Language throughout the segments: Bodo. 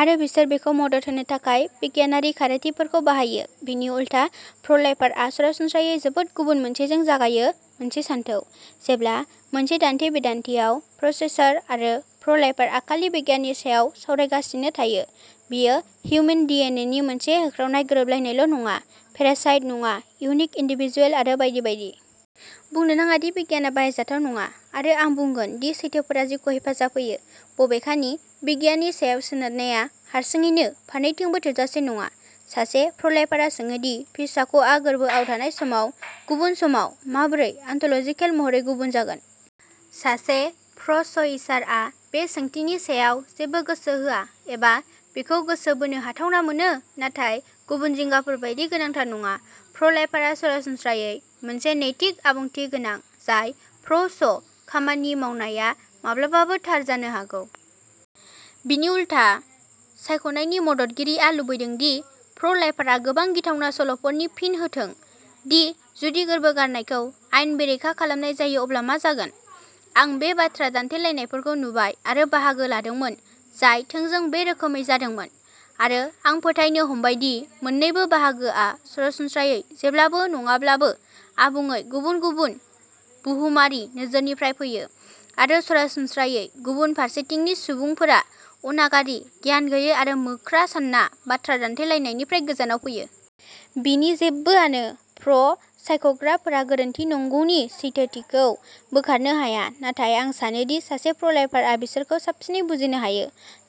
आरो बिसोर बेखौ मदद होनो थाखाय बिगियानारि खारिथिफोरखौ बाहायो बेनि उलथा, प्र' लाइफारआ सरासनस्रायै जोबोद गुबुन मोनसेजों जागायो मोनसे सानथौ। जेब्ला मोनसे दान्थे-बिदान्थेयाव प्र'- च'इसार आरो प्र'- लाइफारआ खालि बिगियाननि सायाव सावरायगासिनो थायो, बेयो हिउमेन डिएनए नि मोनसे होख्रावनाय गोरोबनायल नङा, पेरासाइट नङा, इउनिक इन्डिभिडुएल आरो बायदि बायदि। बुंनो नाङा दि बिगियानआ बाहायजाथाव नङा, आरो आं बुंगोन दि सैथोफोरा जिउखौ हेफाजाब होयो। बबेखानि, बिगियाननि सायाव सोनारनाया हारसिङैनो फारनैथिंबो थोजासे नङा। सासे प्र'- लाइफारआ सोङो दि फिसाख'आ गोर्बोआव थानाय समाव गुबुन समाव माबोरै आनत'ल'जिकेल महरै गुबुन जागोन। सासे प्र'- च'इसारआ बै सोंथिनि सायाव जेबो गोसो होआ, एबा बेखौ गोसो बोनो हाथावना मोनो नाथाय गुबुन जिंगाफोर बायदि गोनांथार नङा। प्र'- लाइफारआ सरासनस्रायै मोनसे नैतिक आबुंथि गोनां, जाय प्र'- च' खामानि मावनाया माब्लाबाबो थार जानो हागौ। बिनि उलथा, सायख'नायनि मददगिरिआ लुबैदों दि प्र'- लाइफारआ गोबां गिथावना सल'फोरनि फिन होथों दि जुदि गोर्बो गारनायखौ आयेन बेरेखा खालामनाय जायो अब्ला मा जागोन। आं बे बाथ्रा दान्थेलायनायफोरखौ नुबाय आरो बाहागो लादोंमोन, जाय थोंजों बे रोखोमै जादोंमोन, आरो आं फोथायनो हमबाय दि मोन्नैबो बाहागोआ सरासनस्रायै, जेब्लाबो नङाब्लाबो, आबुङै गुबुन-गुबुन बुहुमारि नोजोरनिफ्राय फैयो, आरो सरासनस्रायै गुबुन फारसेथिंनि सुबुंफोरा अनागारि, गियान गैयै आरो मोख्रा सानना बाथ्रा दान्थेलायनायनिफ्राय गोजानाव फैयो। बेनि जेबोआनो प्र'- सायख'ग्राफोरा गोरोन्थि नंगौनि सैथोथिखौ बोखारनो हाया, नाथाय आं सानो दि सासे प्र'- लाइफारआ बिसोरखौ साबसिनै बुजिनो हायो,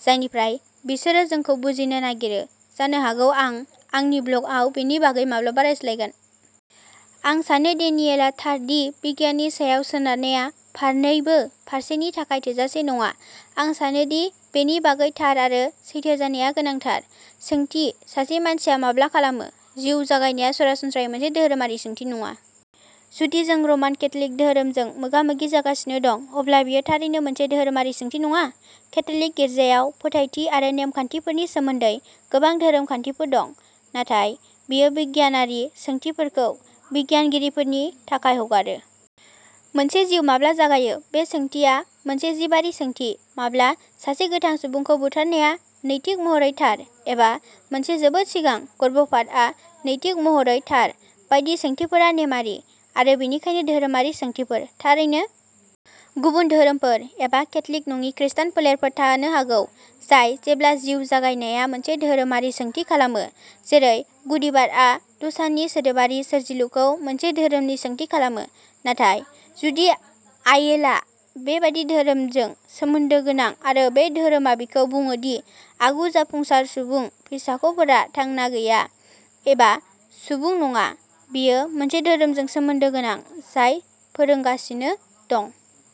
जायनिफ्राय बिसोरो जोंखौ बुजिनो नागिरो जानो हागौ आं आंनि ब्लगआव बेनि बागै माब्लाबा रायज्लायगोन। आं सानो डेनियेलआ थार दि बिगियाननि सायाव सोनारनाया फारनैबो फारसेनि थाखाय थोजासे नङा, आं सानो दि बेनि बागै थार आरो सैथो जानाया गोनांथार। सोंथि सासे मानसिया माब्ला खालामो जिउ जागायनाया सरासनस्रायै मोनसे धोरोमारि सोंथि नङा। जुदि जों रमान केथ'लिक धोरोमजों मोगा-मोगि जागासिनो दं, अब्ला बेयो थारैनो मोनसे धोरोमारि सोंथि नङा। केथ'लिक गिर्जायाव फोथायथि आरो नेम खान्थिफोरनि सोमोन्दै गोबां धोरोम खान्थिफोर दं, नाथाय बेयो बिगियानारि सोंथिफोरखौ बिगियानगिरिफोरनि थाखाय हगारो। मोनसे जिउ माब्ला जागायो बे सोंथिया मोनसे जिबारि सोंथि। माब्ला सासे गोथां सुबुंखौ बुथारनाया नैतिक महरै थार एबा मोनसे जोबोद सिगां गर्भपातआ नैतिक महरै थार बायदि सोंथिफोरा नेमआरि, आरो बेनिखायनो धोरोमारि सोंथिफोर। थारैनो गुबुन धोरोमफोर, एबा केथ'लिक नङि खृस्टान फोलेरफोर थानो हागौ, जाय जेब्ला जिउ जागायनाया मोनसे धोरोमारि सोंथि खालामो, जेरै गुदिबादआ द'साननि सोदोबारि सोरजिलुखौ मोनसे धोरोमारि सोंथि खालामो, नाथाय जुदि आइयेला बेबादि धोरोमजों सोमोन्दो गोनां आरो बे धोरोमा बिखौ बुङो दि आगु-जाफुंसार सुबुं फिसाख'फोरा थांना गैया एबा सुबुं नङा, बियो मोनसे धोरोमजों सोमोन्दो गोनां जाय फोरोंगासिनो दं।